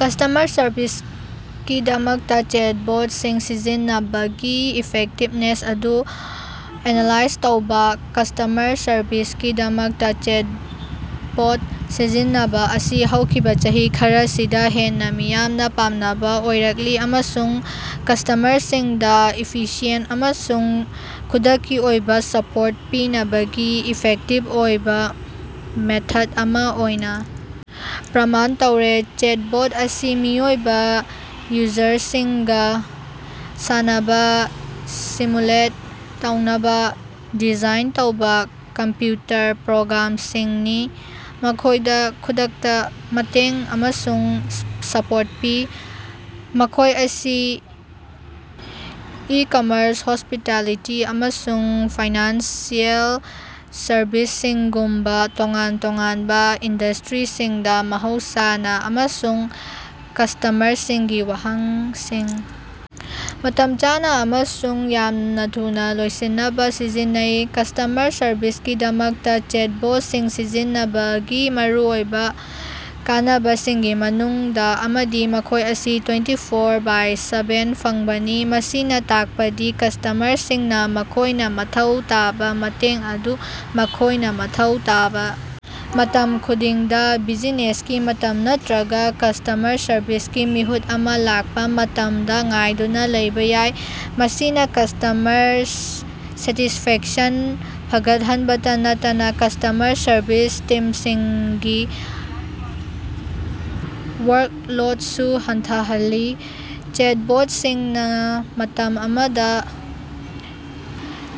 Customer ꯁꯔꯚꯤꯁꯀꯤꯗꯃꯛꯇꯥ ꯆꯦꯠꯕꯣꯠꯁꯤꯡ ꯁꯤꯖꯤꯟꯅꯕꯒꯤ ꯏꯐꯦꯛꯇꯤꯕꯅꯦꯁ ꯑꯗꯨ ꯑꯦꯅꯥꯂꯥꯏꯖ ꯇꯧꯕꯥ꯫ ꯀꯁꯇꯃꯔ ꯁꯔꯚꯤꯁꯀꯤꯗꯃꯛꯇꯥ ꯆꯦꯠꯕꯣꯠ ꯁꯤꯖꯤꯟꯅꯕꯥ ꯑꯁꯤ ꯍꯧꯈꯤꯕꯥ ꯆꯍꯤ ꯈꯔꯁꯤꯗꯥ ꯍꯦꯟꯅꯥ ꯃꯤꯌꯥꯝꯅ ꯄꯥꯝꯅꯕ ꯑꯣꯏꯔꯛꯂꯤ ꯑꯃꯁꯨꯡ ꯀꯁꯇꯃꯔꯁꯤꯡꯗꯥ ꯏꯐꯤꯁꯤꯑꯦꯟꯇ ꯑꯃꯁꯨꯡ ꯈꯨꯗꯛꯀꯤ ꯑꯣꯏꯕꯥ ꯁꯄꯣꯔꯠ ꯄꯤꯅꯕꯒꯤ ꯏꯐꯦꯛꯇꯤꯚ ꯑꯣꯏꯕ ꯃꯦꯊꯠ ꯑꯃꯥ ꯑꯣꯏꯅꯥ ꯄ꯭ꯔꯃꯥꯟ ꯇꯧꯔꯦ꯫ ꯆꯦꯠꯕꯣꯠ ꯑꯁꯤ ꯃꯤꯑꯣꯏꯕꯥ ꯌꯨꯖꯔꯁꯤꯡꯒ ꯋꯥꯔꯤ ꯁꯥꯅꯕ ꯁꯤꯃꯨꯂꯦꯠ ꯇꯧꯅꯕ ꯗꯤꯖꯥꯏꯟ ꯇꯧꯕꯥ ꯀꯝꯄ꯭ꯌꯨꯇꯔ ꯄ꯭ꯔꯣꯒ꯭ꯔꯥꯝꯁꯤꯡꯅꯤ, ꯃꯈꯣꯏꯗ ꯈꯨꯗꯛꯇ ꯃꯇꯦꯡ ꯑꯃꯁꯨꯡ ꯁꯄꯣꯔꯠ ꯄꯤ꯫ ꯃꯈꯣꯏ ꯑꯁꯤ ꯏ-ꯀꯃꯔꯁ, ꯍꯣꯁꯄꯤꯇꯥꯂꯤꯇꯤ, ꯑꯃꯁꯨꯡ ꯐꯥꯏꯅꯥꯟꯁꯤꯑꯦꯜ ꯁꯔꯚꯤꯁꯁꯤꯡꯒꯨꯝꯕꯥ ꯇꯣꯉꯥꯟ-ꯇꯣꯉꯥꯟꯕ ꯏꯟꯗꯁꯇ꯭ꯔꯤꯁꯤꯡꯗꯥ ꯃꯍꯧꯁꯥꯅ ꯑꯃꯁꯨꯡ ꯀꯁꯇꯃꯔꯁꯤꯡꯒꯤ ꯋꯥꯍꯪꯁꯤꯡ ꯃꯇꯝ ꯆꯥꯅ ꯑꯃꯁꯨꯡ ꯌꯥꯝꯅ ꯊꯨꯅꯥ ꯂꯣꯏꯁꯤꯟꯅꯕ ꯁꯤꯖꯤꯟꯅꯩ꯫ ꯀꯁꯇꯃꯔ ꯁꯔꯚꯤꯁꯀꯤꯗꯃꯛꯇꯥ ꯆꯦꯠꯕꯣꯠꯁꯤꯡ ꯁꯤꯖꯤꯟꯅꯕꯒꯤ ꯃꯔꯨꯑꯣꯏꯕ ꯀꯥꯟꯅꯕꯁꯤꯡꯒꯤ ꯃꯅꯨꯡꯗꯥ ꯑꯃꯗꯤ ꯃꯈꯣꯏ ꯑꯁꯤ ꯇ꯭ꯋꯦꯟꯇꯤ ꯐꯣꯔ ꯕꯥꯏ ꯁꯚꯦꯟ ꯐꯪꯕꯅꯤ꯫ ꯃꯁꯤꯅ ꯇꯥꯛꯄꯗꯤ ꯀꯁꯇꯃꯔꯁꯤꯡꯅꯥ ꯃꯈꯣꯏꯅ ꯃꯊꯧ ꯇꯥꯕ ꯃꯇꯦꯡ ꯑꯗꯨ ꯃꯈꯣꯏꯅ ꯃꯊꯧ ꯇꯥꯕꯥ ꯃꯇꯝ ꯈꯨꯗꯤꯡꯗ, ꯕꯤꯖꯤꯅꯦꯁꯀꯤ ꯃꯇꯝ ꯅꯠꯇ꯭ꯔꯒꯥ ꯀꯁꯇꯃꯔ ꯁꯔꯚꯤꯁꯀꯤ ꯃꯤꯍꯨꯠ ꯑꯃ ꯂꯥꯛꯄꯥ ꯃꯇꯝꯗꯥ ꯉꯥꯏꯗꯨꯅꯥ ꯂꯩꯕꯥ ꯌꯥꯏ꯫ ꯃꯁꯤꯅꯥ ꯀꯁꯇꯃꯔ ꯁꯦꯇꯤꯁꯐꯦꯛꯁꯟ ꯐꯒꯠꯍꯟꯕꯇ ꯅꯠꯇꯅꯥ ꯀꯁꯇꯃꯔ ꯁꯔꯕꯤꯁ ꯇꯤꯝꯁꯤꯡꯒꯤ ꯋꯥꯔꯛꯂꯣꯠꯁꯨ ꯍꯟꯊꯍꯜꯂꯤ꯫ ꯆꯦꯠꯕꯣꯠꯁꯤꯡꯅꯥ ꯃꯇꯝ ꯑꯃꯗ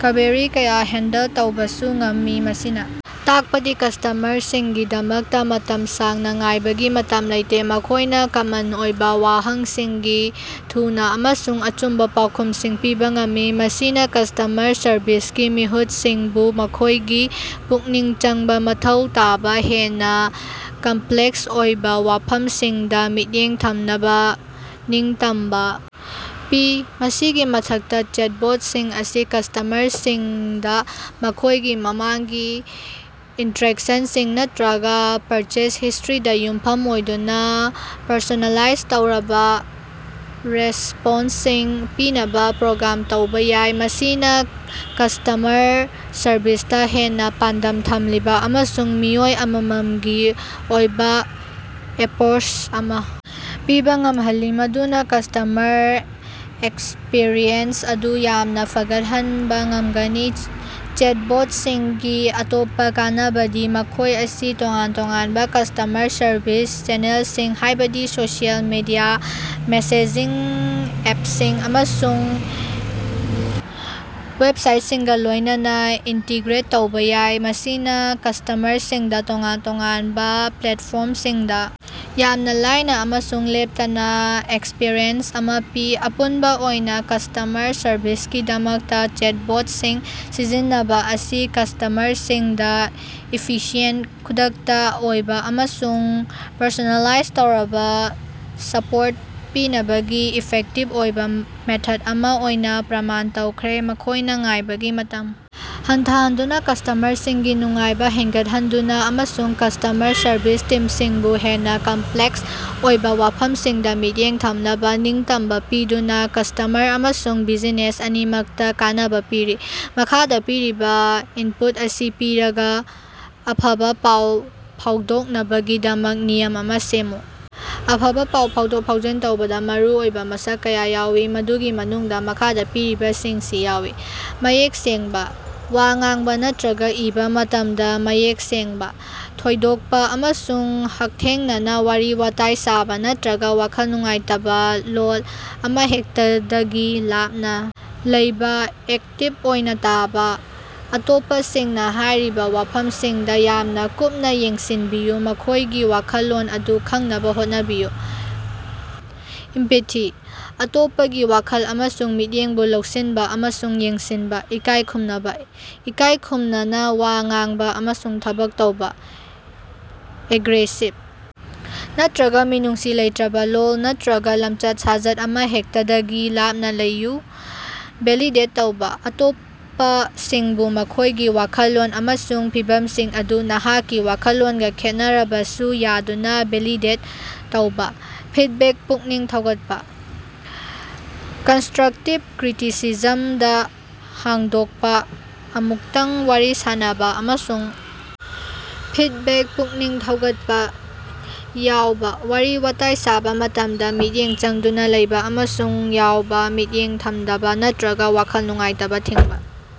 ꯀ꯭ꯕꯦꯔꯤ ꯀꯌꯥ ꯍꯦꯟꯗꯜ ꯇꯧꯕꯁꯨ ꯉꯝꯃꯤ, ꯃꯁꯤꯅꯥ ꯇꯥꯛꯄꯗꯤ ꯀꯁꯇꯃꯔꯁꯤꯡꯒꯤꯗꯃꯛꯇꯥ ꯃꯇꯝ ꯁꯥꯡꯅꯥ ꯉꯥꯏꯕꯒꯤ ꯃꯇꯝ ꯂꯩꯇꯦ꯫ ꯃꯈꯣꯏꯅ ꯀꯃꯟ ꯑꯣꯏꯕꯥ ꯋꯥꯍꯪꯁꯤꯡꯒꯤ ꯊꯨꯅ ꯑꯃꯁꯨꯡ ꯑꯆꯨꯝꯕꯥ ꯄꯥꯎꯈꯨꯝꯁꯤꯡ ꯄꯤꯕꯥ ꯉꯝꯃꯤ, ꯃꯁꯤꯅꯥ ꯀꯁꯇꯃꯔ ꯁꯔꯚꯤꯁꯀꯤ ꯃꯤꯍꯨꯠꯁꯤꯡꯕꯨ ꯃꯈꯣꯏꯒꯤ ꯄꯨꯛꯅꯤꯡ ꯆꯪꯕꯥ ꯃꯊꯧ ꯇꯥꯕꯥ ꯍꯦꯟꯅꯥ ꯀꯝꯄ꯭ꯂꯦꯛꯁ ꯑꯣꯏꯕꯥ ꯋꯥꯐꯝꯁꯤꯡꯗꯥ ꯃꯤꯠꯌꯦꯡ ꯊꯝꯅꯕꯥ ꯅꯤꯡꯇꯝꯕꯥ ꯄꯤ꯫ ꯃꯁꯤꯒꯤ ꯃꯊꯛꯇꯥ, ꯆꯦꯠꯕꯣꯠꯁꯤꯡ ꯑꯁꯤ ꯀꯁꯇꯃꯔꯁꯤꯡꯗꯥ ꯃꯈꯣꯏꯒꯤ ꯃꯃꯥꯡꯒꯤ ꯏꯟꯇꯔꯦꯛꯁꯟꯁꯤꯡ ꯅꯠꯇ꯭ꯔꯒꯥ ꯄꯔꯆꯦꯖ ꯍꯤꯁꯇꯔꯤꯗ ꯌꯨꯝꯐꯝ ꯑꯣꯏꯗꯨꯅꯥ ꯄꯔꯁꯣꯅꯦꯂꯥꯏꯖ ꯇꯧꯔꯕꯥ ꯔꯦꯁꯄꯣꯟꯁꯁꯤꯡ ꯄꯤꯅꯕꯥ ꯄ꯭ꯔꯣꯒ꯭ꯔꯥꯝ ꯇꯧꯕꯥ ꯌꯥꯏ꯫ ꯃꯁꯤꯅꯥ ꯀꯁꯇꯃꯔ ꯁꯔꯚꯤꯁꯇꯥ ꯍꯦꯟꯅꯥ ꯄꯥꯟꯗꯝ ꯊꯝꯂꯤꯕꯥ ꯑꯃꯁꯨꯡ ꯃꯤꯑꯣꯏ ꯑꯃꯝꯃꯝꯒꯤ ꯑꯣꯏꯕ ꯑꯦꯄꯔꯣꯁ ꯑꯃ ꯄꯤꯕꯥ ꯉꯝꯍꯜꯂꯤ, ꯃꯗꯨꯅꯥ ꯀꯁꯇꯃꯔ ꯑꯦꯛꯁꯄꯤꯔꯤꯌꯦꯟꯁ ꯑꯗꯨ ꯌꯥꯝꯅꯥ ꯐꯒꯠꯍꯟꯕ ꯉꯝꯒꯅꯤ꯫ ꯆꯦꯠꯕꯣꯠꯁꯤꯡꯒꯤ ꯑꯇꯣꯞꯄꯥ ꯀꯥꯟꯅꯕꯗꯤ ꯃꯈꯣꯏ ꯑꯁꯤ ꯇꯣꯉꯥꯟ-ꯇꯣꯉꯥꯟꯕ ꯀꯁꯇꯃꯔ ꯁꯔꯚꯤꯁ ꯆꯦꯅꯦꯜꯁꯤꯡ, ꯍꯥꯏꯕꯗꯤ ꯁꯣꯁꯤꯑꯦꯜ ꯃꯤꯗꯤꯌꯥ, ꯃꯦꯁꯦꯖꯤꯡ ꯑꯦꯞꯁꯤꯡ, ꯑꯃꯁꯨꯡ ꯋꯦꯕꯁꯥꯏꯠꯁꯤꯡꯒꯥ ꯂꯣꯏꯅꯅꯥ ꯏꯟꯇꯤꯒ꯭ꯔꯦꯠ ꯇꯧꯕꯥ ꯌꯥꯏ, ꯃꯁꯤꯅꯥ ꯀꯁꯇꯃꯔꯁꯤꯡꯗꯥ ꯇꯣꯉꯥꯟ-ꯇꯣꯉꯥꯟꯕ ꯄ꯭ꯂꯦꯠꯐꯣꯔꯝꯁꯤꯡꯗ ꯌꯥꯝꯅ ꯂꯥꯏꯅ ꯑꯃꯁꯨꯡ ꯂꯦꯞꯇꯅꯥ ꯑꯦꯛꯁꯄꯤꯔꯤꯌꯦꯟꯁ ꯑꯃꯥ ꯄꯤ꯫ ꯑꯄꯨꯟꯕꯥ ꯑꯣꯏꯅꯥ, ꯀꯁꯇꯃꯔ ꯁꯔꯚꯤꯁꯀꯤꯗꯃꯛꯇꯥ ꯆꯦꯠꯕꯣꯠꯁꯤꯡ ꯁꯤꯖꯤꯟꯅꯕꯥ ꯑꯁꯤ ꯀꯁꯇꯃꯔꯁꯤꯡꯗꯥ ꯏꯐꯤꯁꯤꯑꯦꯟ, ꯈꯨꯗꯛꯀꯤ ꯑꯣꯏꯕꯥ ꯑꯃꯁꯨꯡ ꯄꯔꯁꯣꯅꯦꯂꯥꯏꯖ ꯇꯧꯔꯕꯥ ꯁꯄꯣꯔꯠ ꯄꯤꯅꯕꯒꯤ ꯏꯐꯦꯛꯇꯤꯚ ꯑꯣꯏꯕꯥ ꯃꯦꯊꯠ ꯑꯃ ꯑꯣꯏꯅꯥ ꯄ꯭ꯔꯃꯥꯟ ꯇꯧꯈ꯭ꯔꯦ꯫ ꯃꯈꯣꯏꯅ ꯉꯥꯏꯕꯒꯤ ꯃꯇꯝ ꯍꯟꯊꯍꯟꯗꯨꯅꯥ, ꯀꯁꯇꯃꯔꯁꯤꯡꯒꯤ ꯅꯨꯡꯉꯥꯏꯕꯥ ꯍꯦꯟꯒꯠꯍꯟꯗꯨꯅ ꯑꯃꯁꯨꯡ ꯀꯁꯇꯃꯔ ꯁꯔꯕꯤꯁ ꯇꯤꯝꯁꯤꯡꯕꯨ ꯍꯦꯟꯅ ꯀꯝꯄ꯭ꯂꯦꯛꯁ ꯑꯣꯏꯕ ꯋꯥꯐꯝꯁꯤꯡꯗ ꯃꯤꯠꯌꯦꯡ ꯊꯝꯅꯕ ꯅꯤꯡꯇꯝꯕꯥ ꯄꯤꯗꯨꯅꯥ ꯀꯁꯇꯃꯔ ꯑꯃꯁꯨꯡ ꯕꯤꯖꯤꯅꯦꯁ ꯑꯅꯤꯃꯛꯇ ꯀꯥꯟꯅꯕꯥ ꯄꯤꯔꯤ꯫ ꯃꯈꯥꯗ ꯄꯤꯔꯤꯕꯥ ꯏꯟꯄꯨꯠ ꯑꯁꯤ ꯄꯤꯔꯒꯥ ꯑꯐꯕꯥ ꯄꯥꯎ ꯐꯥꯎꯗꯣꯛꯅꯕꯒꯤꯗꯃꯛ ꯅꯤꯌꯝ ꯑꯃ ꯁꯦꯝꯃꯨ꯫ ꯑꯐꯕꯥ ꯄꯥꯎ ꯐꯥꯎꯗꯣꯛ-ꯐꯥꯎꯖꯤꯟ ꯇꯧꯕꯗꯥ ꯃꯔꯨꯑꯣꯏꯕ ꯃꯁꯛ ꯀꯌꯥ ꯌꯥꯎꯏ ꯃꯗꯨꯒꯤ ꯃꯅꯨꯡꯗꯥ ꯃꯈꯥꯗ ꯄꯤꯔꯤꯕꯁꯤꯡꯁꯤ ꯌꯥꯎꯏ: ꯃꯌꯦꯛ ꯁꯦꯡꯕꯥ: ꯋꯥ ꯉꯥꯡꯕꯥ ꯅꯠꯇ꯭ꯔꯒꯥ ꯏꯕꯥ ꯃꯇꯝꯗ ꯃꯌꯦꯛ ꯁꯦꯡꯕꯥ, ꯊꯣꯏꯗꯣꯛꯄꯥ ꯑꯃꯁꯨꯡ ꯍꯛꯊꯦꯡꯅꯅꯥ ꯋꯥꯔꯤ-ꯋꯥꯇꯥꯏ ꯁꯥꯕꯥ ꯅꯠꯇ꯭ꯔꯒꯥ ꯋꯥꯈꯜ ꯅꯨꯡꯉꯥꯏꯇꯕ ꯂꯣꯜ ꯑꯃꯍꯦꯛꯇꯗꯒꯤ ꯂꯥꯞꯅꯥ ꯂꯩꯕꯥ꯫ ꯑꯦꯛꯇꯤꯞ ꯑꯣꯏꯅꯥ ꯇꯥꯕꯥ: ꯑꯇꯣꯞꯄꯁꯤꯡꯅꯥ ꯍꯥꯏꯔꯤꯕꯥ ꯋꯥꯐꯝꯁꯤꯡꯗꯥ ꯌꯥꯝꯅꯥ ꯀꯨꯞꯅꯥ ꯌꯦꯡꯁꯤꯟꯕꯤꯌꯨ, ꯃꯈꯣꯏꯒꯤ ꯋꯥꯈꯜꯂꯣꯟ ꯑꯗꯨ ꯈꯪꯅꯕ ꯍꯣꯠꯅꯕꯤꯌꯨ꯫ ꯏꯝꯄꯦꯊꯤ: ꯑꯇꯣꯞꯄꯒꯤ ꯋꯥꯈꯜ ꯑꯃꯁꯨꯡ ꯃꯤꯠꯌꯦꯡꯕꯨ ꯂꯧꯁꯤꯟꯕ ꯑꯃꯁꯨꯡ ꯌꯦꯡꯁꯤꯟꯕ꯫ ꯏꯀꯥꯏ ꯈꯨꯝꯅꯕꯥ: ꯏꯀꯥꯏ ꯈꯨꯝꯅꯅꯥ ꯋꯥ ꯉꯥꯡꯕꯥ ꯑꯃꯁꯨꯡ ꯊꯕꯛ ꯇꯧꯕꯥ, ꯑꯦꯒ꯭ꯔꯦꯁꯤꯚ ꯅꯠꯇꯔꯒꯥ ꯃꯤꯅꯨꯡꯁꯤ ꯂꯩꯇꯔꯕꯥ ꯂꯣꯜ ꯅꯠꯇꯔꯒꯥ ꯂꯝꯆꯠ-ꯁꯥꯖꯠ ꯑꯃꯍꯦꯛꯇꯗꯒꯤ ꯂꯥꯞꯅꯥ ꯂꯩꯌꯨ꯫ ꯚꯦꯂꯤꯗꯦꯠ ꯇꯧꯕꯥ: ꯑꯇꯣꯞꯄꯁꯤꯡꯕꯨ ꯃꯈꯣꯏꯒꯤ ꯋꯥꯈꯜꯂꯣꯟ ꯑꯃꯁꯨꯡ ꯐꯤꯚꯝꯁꯤꯡ ꯑꯗꯨ ꯅꯍꯥꯛꯀꯤ ꯋꯥꯈꯜꯂꯣꯟꯒ ꯈꯦꯠꯅꯔꯕꯁꯨ ꯌꯥꯗꯨꯅ ꯚꯦꯂꯤꯗꯦꯠ ꯇꯧꯕ꯫ ꯐꯤꯠꯕꯦꯛ ꯄꯨꯛꯅꯤꯡ ꯊꯧꯒꯠꯄ: ꯀꯟꯁꯇꯔꯛꯇꯤꯞ ꯀ꯭ꯔꯤꯇꯤꯁꯤꯖꯝꯗ ꯍꯥꯡꯗꯣꯛꯄꯥ, ꯑꯃꯨꯛꯇꯪ ꯋꯥꯔꯤ ꯁꯥꯟꯅꯕꯥ ꯑꯃꯁꯨꯡ ꯐꯤꯠꯕꯦꯛ ꯄꯨꯛꯅꯤꯡ ꯊꯧꯒꯠꯄꯥ꯫ ꯌꯥꯎꯕꯥ: ꯋꯥꯔꯤ-ꯋꯥꯇꯥꯏ ꯁꯥꯕꯥ ꯃꯇꯝꯗ ꯃꯤꯠꯌꯦꯡ ꯆꯪꯗꯨꯅꯥ ꯂꯩꯕꯥ ꯑꯃꯁꯨꯡ ꯌꯥꯎꯕ, ꯃꯤꯠꯌꯦꯡ ꯊꯝꯗꯕꯥ ꯅꯠꯇ꯭ꯔꯒꯥ ꯋꯥꯈꯜ ꯅꯨꯡꯉꯥꯏꯇꯕ ꯊꯤꯡꯕ꯫